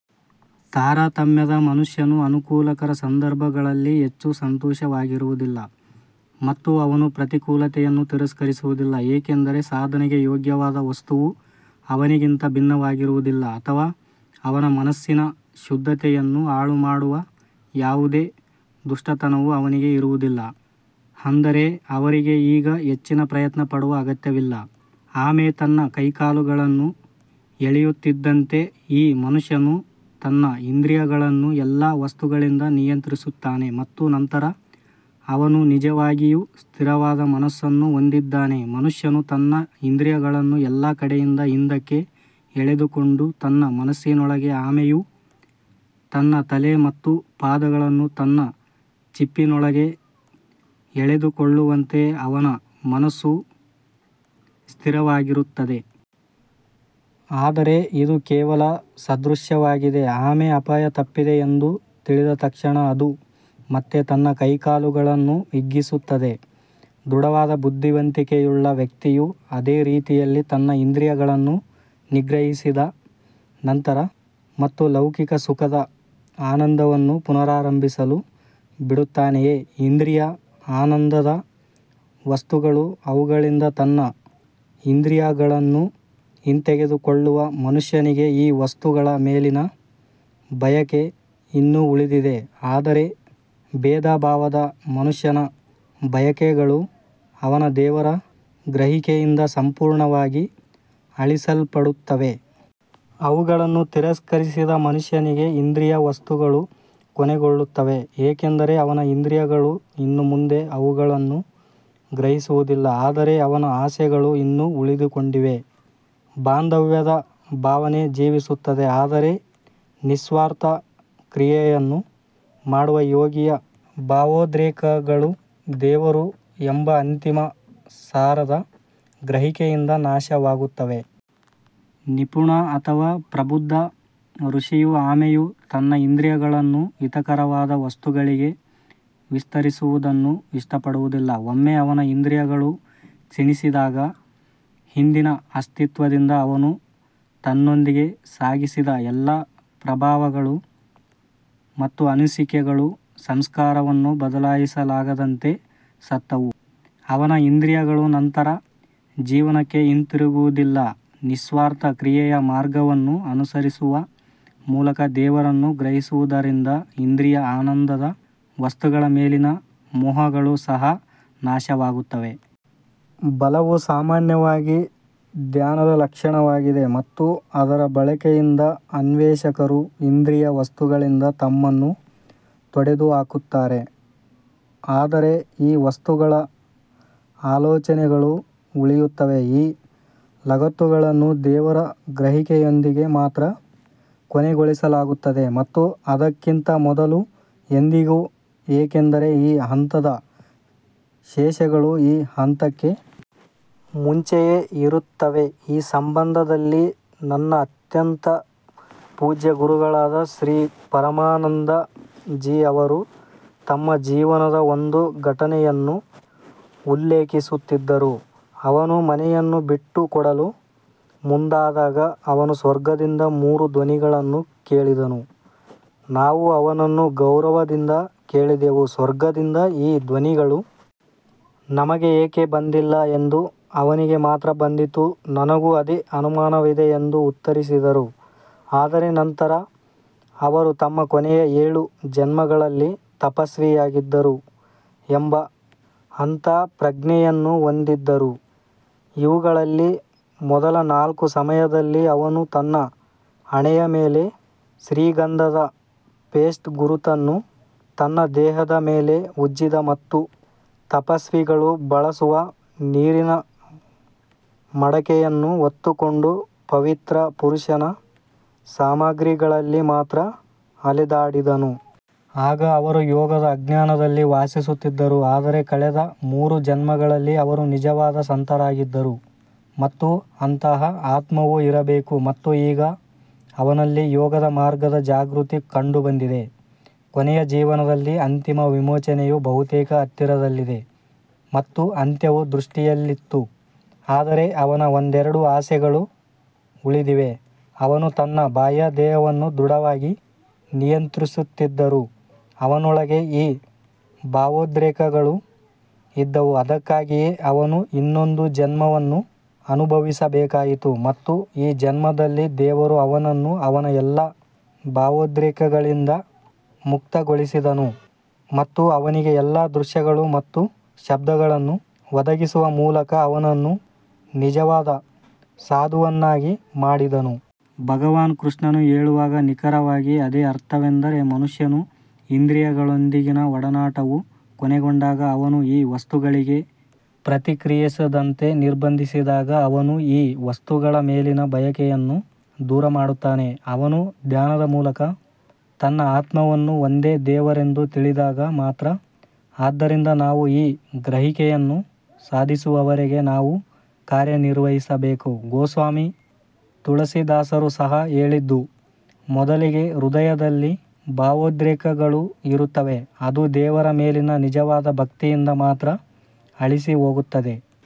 ತಾರತಮ್ಯದ ಮನುಷ್ಯನು ಅನುಕೂಲಕರ ಸಂದರ್ಭಗಳಲ್ಲಿ ಹೆಚ್ಚು ಸಂತೋಷವಾಗಿರುವುದಿಲ್ಲ ಮತ್ತು ಅವನು ಪ್ರತಿಕೂಲತೆಯನ್ನು ತಿರಸ್ಕರಿಸುವುದಿಲ್ಲ ಏಕೆಂದರೆ ಸಾಧನೆಗೆ ಯೋಗ್ಯವಾದ ವಸ್ತುವು ಅವನಿಗಿಂತ ಭಿನ್ನವಾಗಿರುವುದಿಲ್ಲ ಅಥವಾ ಅವನ ಮನಸ್ಸಿನ ಶುದ್ಧತೆಯನ್ನು ಹಾಳುಮಾಡುವ ಯಾವುದೇ ದುಷ್ಟತನವು ಅವನಿಗೆ ಇರುವುದಿಲ್ಲ. ಅಂದರೆ ಅವರಿಗೆ ಈಗ ಹೆಚ್ಚಿನ ಪ್ರಯತ್ನ ಪಡುವ ಅಗತ್ಯವಿಲ್ಲ ಆಮೆ ತನ್ನ ಕೈಕಾಲುಗಳನ್ನು ಎಳೆಯುತ್ತಿದ್ದಂತೆ ಈ ಮನುಷ್ಯನು ತನ್ನ ಇಂದ್ರಿಯಗಳನ್ನು ಎಲ್ಲಾ ವಸ್ತುಗಳಿಂದ ನಿಯಂತ್ರಿಸುತ್ತಾನೆ ಮತ್ತು ನಂತರ ಅವನು ನಿಜವಾಗಿಯೂ ಸ್ಥಿರವಾದ ಮನಸ್ಸನ್ನು ಹೊಂದಿದ್ದಾನೆ ಮನುಷ್ಯನು ತನ್ನ ಇಂದ್ರಿಯಗಳನ್ನು ಎಲ್ಲಾ ಕಡೆಯಿಂದ ಹಿಂದಕ್ಕೆ ಎಳೆದುಕೊಂಡು ತನ್ನ ಮನಸ್ಸಿನೊಳಗೆ ಆಮೆಯು ತನ್ನ ತಲೆ ಮತ್ತು ಪಾದಗಳನ್ನು ತನ್ನ ಚಿಪ್ಪಿನೊಳಗೆ ಎಳೆದುಕೊಳ್ಳುವಂತೆ ಅವನ ಮನಸ್ಸು ಸ್ಥಿರವಾಗಿರುತ್ತದೆ. ಆದರೆ ಇದು ಕೇವಲ ಸಾದೃಶ್ಯವಾಗಿದೆ ಆಮೆ ಅಪಾಯ ತಪ್ಪಿದೆ ಎಂದು ತಿಳಿದ ತಕ್ಷಣ ಅದು ಮತ್ತೆ ತನ್ನ ಕೈಕಾಲುಗಳನ್ನು ಹಿಗ್ಗಿಸುತ್ತದೆ ದೃಢವಾದ ಬುದ್ಧಿವಂತಿಕೆಯುಳ್ಳ ವ್ಯಕ್ತಿಯು ಅದೇ ರೀತಿಯಲ್ಲಿ ತನ್ನ ಇಂದ್ರಿಯಗಳನ್ನು ನಿಗ್ರಹಿಸಿದ ನಂತರ ಮತ್ತು ಲೌಕಿಕ ಸುಖದ ಆನಂದವನ್ನು ಪುನರಾರಂಭಿಸಲು ಬಿಡುತ್ತಾನೆಯೇ? ಇಂದ್ರಿಯ ಆನಂದದ ವಸ್ತುಗಳು ಅವುಗಳಿಂದ ತನ್ನ ಇಂದ್ರಿಯಗಳನ್ನು ಹಿಂತೆಗೆದುಕೊಳ್ಳುವ ಮನುಷ್ಯನಿಗೆ ಈ ವಸ್ತುಗಳ ಮೇಲಿನ ಬಯಕೆ ಇನ್ನೂ ಉಳಿದಿದೆ ಆದರೆ ಭೇದಭಾವದ ಮನುಷ್ಯನ ಬಯಕೆಗಳು ಅವನ ದೇವರ ಗ್ರಹಿಕೆಯಿಂದ ಸಂಪೂರ್ಣವಾಗಿ ಅಳಿಸಲ್ಪಡುತ್ತವೆ. ಅವುಗಳನ್ನು ತಿರಸ್ಕರಿಸಿದ ಮನುಷ್ಯನಿಗೆ ಇಂದ್ರಿಯ ವಸ್ತುಗಳು ಕೊನೆಗೊಳ್ಳುತ್ತವೆ ಏಕೆಂದರೆ ಅವನ ಇಂದ್ರಿಯಗಳು ಇನ್ನು ಮುಂದೆ ಅವುಗಳನ್ನು ಗ್ರಹಿಸುವುದಿಲ್ಲ ಆದರೆ ಅವನ ಆಸೆಗಳು ಇನ್ನೂ ಉಳಿದುಕೊಂಡಿವೆ. ಬಾಂಧವ್ಯದ ಭಾವನೆ ಜೀವಿಸುತ್ತದೆ ಆದರೆ ನಿಸ್ವಾರ್ಥ ಕ್ರಿಯೆಯನ್ನು ಮಾಡುವ ಯೋಗಿಯ ಭಾವೋದ್ರೇಕಗಳು ದೇವರು ಎಂಬ ಅಂತಿಮ ಸಾರದ ಗ್ರಹಿಕೆಯಿಂದ ನಾಶವಾಗುತ್ತವೆ. ನಿಪುಣ ಅಥವಾ ಪ್ರಬುದ್ಧ ಋಷಿಯು ಆಮೆಯು ತನ್ನ ಇಂದ್ರಿಯಗಳನ್ನು ಹಿತಕರವಾದ ವಸ್ತುಗಳಿಗೆ ವಿಸ್ತರಿಸುವುದನ್ನು ಇಷ್ಟಪಡುವುದಿಲ್ಲ. ಒಮ್ಮೆ ಅವನ ಇಂದ್ರಿಯಗಳು ಕ್ಷೀಣಿಸಿದಾಗ, ಹಿಂದಿನ ಅಸ್ತಿತ್ವದಿಂದ ಅವನು ತನ್ನೊಂದಿಗೆ ಸಾಗಿಸಿದ ಎಲ್ಲಾ ಪ್ರಭಾವಗಳು ಮತ್ತು ಅನಿಸಿಕೆಗಳು ಸಂಸ್ಕಾರವನ್ನು ಬದಲಾಯಿಸಲಾಗದಂತೆ ಸತ್ತವು. ಅವನ ಇಂದ್ರಿಯಗಳು ನಂತರ ಜೀವನಕ್ಕೆ ಹಿಂತಿರುಗುವುದಿಲ್ಲ ನಿಸ್ವಾರ್ಥ ಕ್ರಿಯೆಯ ಮಾರ್ಗವನ್ನು ಅನುಸರಿಸುವ ಮೂಲಕ ದೇವರನ್ನು ಗ್ರಹಿಸುವುದರಿಂದ ಇಂದ್ರಿಯ ಆನಂದದ ವಸ್ತುಗಳ ಮೇಲಿನ ಮೋಹಗಳು ಸಹ ನಾಶವಾಗುತ್ತವೆ. ಬಲವು ಸಾಮಾನ್ಯವಾಗಿ ಧ್ಯಾನದ ಲಕ್ಷಣವಾಗಿದೆ ಮತ್ತು ಅದರ ಬಳಕೆಯಿಂದ ಅನ್ವೇಷಕರು ಇಂದ್ರಿಯ ವಸ್ತುಗಳಿಂದ ತಮ್ಮನ್ನು ತೊಡೆದುಹಾಕುತ್ತಾರೆ ಆದರೆ ಈ ವಸ್ತುಗಳ ಆಲೋಚನೆಗಳು ಉಳಿಯುತ್ತವೆ ಈ ಲಗತ್ತುಗಳನ್ನು ದೇವರ ಗ್ರಹಿಕೆಯೊಂದಿಗೆ ಮಾತ್ರ ಕೊನೆಗೊಳಿಸಲಾಗುತ್ತದೆ ಮತ್ತು ಅದಕ್ಕಿಂತ ಮೊದಲು ಎಂದಿಗೂ ಏಕೆಂದರೆ ಈ ಹಂತದ ಶೇಷಗಳು ಈ ಹಂತಕ್ಕೆ ಮುಂಚೆಯೇ ಇರುತ್ತವೆ ಈ ಸಂಬಂಧದಲ್ಲಿ ನನ್ನ ಅತ್ಯಂತ ಪೂಜ್ಯ ಗುರುಗಳಾದ ಶ್ರೀ ಪರಮಾನಂದ ಜಿ ಅವರು ತಮ್ಮ ಜೀವನದ ಒಂದು ಘಟನೆಯನ್ನು ಉಲ್ಲೇಖಿಸುತ್ತಿದ್ದರು ಅವನು ಮನೆಯನ್ನು ಬಿಟ್ಟುಕೊಡಲು ಮುಂದಾದಾಗ ಅವನು ಸ್ವರ್ಗದಿಂದ ಮೂರು ಧ್ವನಿಗಳನ್ನು ಕೇಳಿದನು ನಾವು ಅವನನ್ನು ಗೌರವದಿಂದ ಕೇಳಿದೆವು ಸ್ವರ್ಗದಿಂದ ಈ ಧ್ವನಿಗಳು ನಮಗೆ ಏಕೆ ಬಂದಿಲ್ಲ ಎಂದು ಅವನಿಗೆ ಮಾತ್ರ ಬಂದಿತು ನನಗೂ ಅದೇ ಅನುಮಾನವಿದೆ ಎಂದು ಉತ್ತರಿಸಿದರು ಆದರೆ ನಂತರ ಅವರು ತಮ್ಮ ಕೊನೆಯ ಏಳು ಜನ್ಮಗಳಲ್ಲಿ ತಪಸ್ವಿಯಾಗಿದ್ದರು ಎಂಬ ಅಂತಃಪ್ರಜ್ಞೆಯನ್ನು ಹೊಂದಿದ್ದರು ಇವುಗಳಲ್ಲಿ ಮೊದಲ ನಾಲ್ಕು ಸಮಯದಲ್ಲಿ ಅವನು ತನ್ನ ಹಣೆಯ ಮೇಲೆ ಶ್ರೀಗಂಧದ ಪೇಸ್ಟ್ ಗುರುತನ್ನು ತನ್ನ ದೇಹದ ಮೇಲೆ ಉಜ್ಜಿದ ಮತ್ತು ತಪಸ್ವಿಗಳು ಬಳಸುವ ನೀರಿನ ಮಡಕೆಯನ್ನು ಹೊತ್ತುಕೊಂಡು ಪವಿತ್ರ ಪುರುಷನ ಸಾಮಾಗ್ರಿಗಳಲ್ಲಿ ಮಾತ್ರ ಅಲೆದಾಡಿದನು. ಆಗ ಅವರು ಯೋಗದ ಅಜ್ಞಾನದಲ್ಲಿ ವಾಸಿಸುತ್ತಿದ್ದರು ಆದರೆ ಕಳೆದ ಮೂರು ಜನ್ಮಗಳಲ್ಲಿ ಅವರು ನಿಜವಾದ ಸಂತರಾಗಿದ್ದರು ಮತ್ತು ಅಂತಹ ಆತ್ಮವು ಇರಬೇಕು ಮತ್ತು ಈಗ ಅವನಲ್ಲಿ ಯೋಗದ ಮಾರ್ಗದ ಜಾಗೃತಿ ಕಂಡುಬಂದಿದೆ. ಕೊನೆಯ ಜೀವನದಲ್ಲಿ ಅಂತಿಮ ವಿಮೋಚನೆಯು ಬಹುತೇಕ ಹತ್ತಿರದಲ್ಲಿದೆ ಮತ್ತು ಅಂತ್ಯವು ದೃಷ್ಟಿಯಲ್ಲಿತ್ತು ಆದರೆ ಅವನ ಒಂದೆರಡು ಆಸೆಗಳು ಉಳಿದಿವೆ ಅವನು ತನ್ನ ಬಾಹ್ಯ ದೇಹವನ್ನು ದೃಢವಾಗಿ ನಿಯಂತ್ರಿಸುತ್ತಿದ್ದರೂ ಅವನೊಳಗೆ ಈ ಭಾವೋದ್ರೇಕಗಳು ಇದ್ದವು ಅದಕ್ಕಾಗಿಯೇ ಅವನು ಇನ್ನೊಂದು ಜನ್ಮವನ್ನು ಅನುಭವಿಸಬೇಕಾಯಿತು ಮತ್ತು ಈ ಜನ್ಮದಲ್ಲಿ ದೇವರು ಅವನನ್ನು ಅವನ ಎಲ್ಲಾ ಭಾವೋದ್ರೇಕಗಳಿಂದ ಮುಕ್ತಗೊಳಿಸಿದನು ಮತ್ತು ಅವನಿಗೆ ಎಲ್ಲಾ ದೃಶ್ಯಗಳು ಮತ್ತು ಶಬ್ದಗಳನ್ನು ಒದಗಿಸುವ ಮೂಲಕ ಅವನನ್ನು ನಿಜವಾದ ಸಾಧುವನ್ನಾಗಿ ಮಾಡಿದನು. ಭಗವಾನ್ ಕೃಷ್ಣನು ಹೇಳುವಾಗ ನಿಖರವಾಗಿ ಅದೇ ಅರ್ಥವೆಂದರೆ ಮನುಷ್ಯನು ಇಂದ್ರಿಯಗಳೊಂದಿಗಿನ ಒಡನಾಟವು ಕೊನೆಗೊಂಡಾಗ ಅವನು ಈ ವಸ್ತುಗಳಿಗೆ ಪ್ರತಿಕ್ರಿಯಿಸದಂತೆ ನಿರ್ಬಂಧಿಸಿದಾಗ ಅವನು ಈ ವಸ್ತುಗಳ ಮೇಲಿನ ಬಯಕೆಯನ್ನು ದೂರಮಾಡುತ್ತಾನೆ, ಅವನು ಧ್ಯಾನದ ಮೂಲಕ ತನ್ನ ಆತ್ಮವನ್ನು ಒಂದೇ ದೇವರೆಂದು ತಿಳಿದಾಗ ಮಾತ್ರ. ಆದ್ದರಿಂದ ನಾವು ಈ ಗ್ರಹಿಕೆಯನ್ನು ಸಾಧಿಸುವವರೆಗೆ ನಾವು ಕಾರ್ಯನಿರ್ವಹಿಸಬೇಕು ಗೋಸ್ವಾಮಿ ತುಳಸಿದಾಸರು ಸಹ ಹೇಳಿದ್ದು, ಮೊದಲಿಗೆ ಹೃದಯದಲ್ಲಿ ಭಾವೋದ್ರೇಕಗಳು ಇರುತ್ತವೆ, ಅದು ದೇವರ ಮೇಲಿನ ನಿಜವಾದ ಭಕ್ತಿಯಿಂದ ಮಾತ್ರ ಅಳಿಸಿಹೋಗುತ್ತದೆ.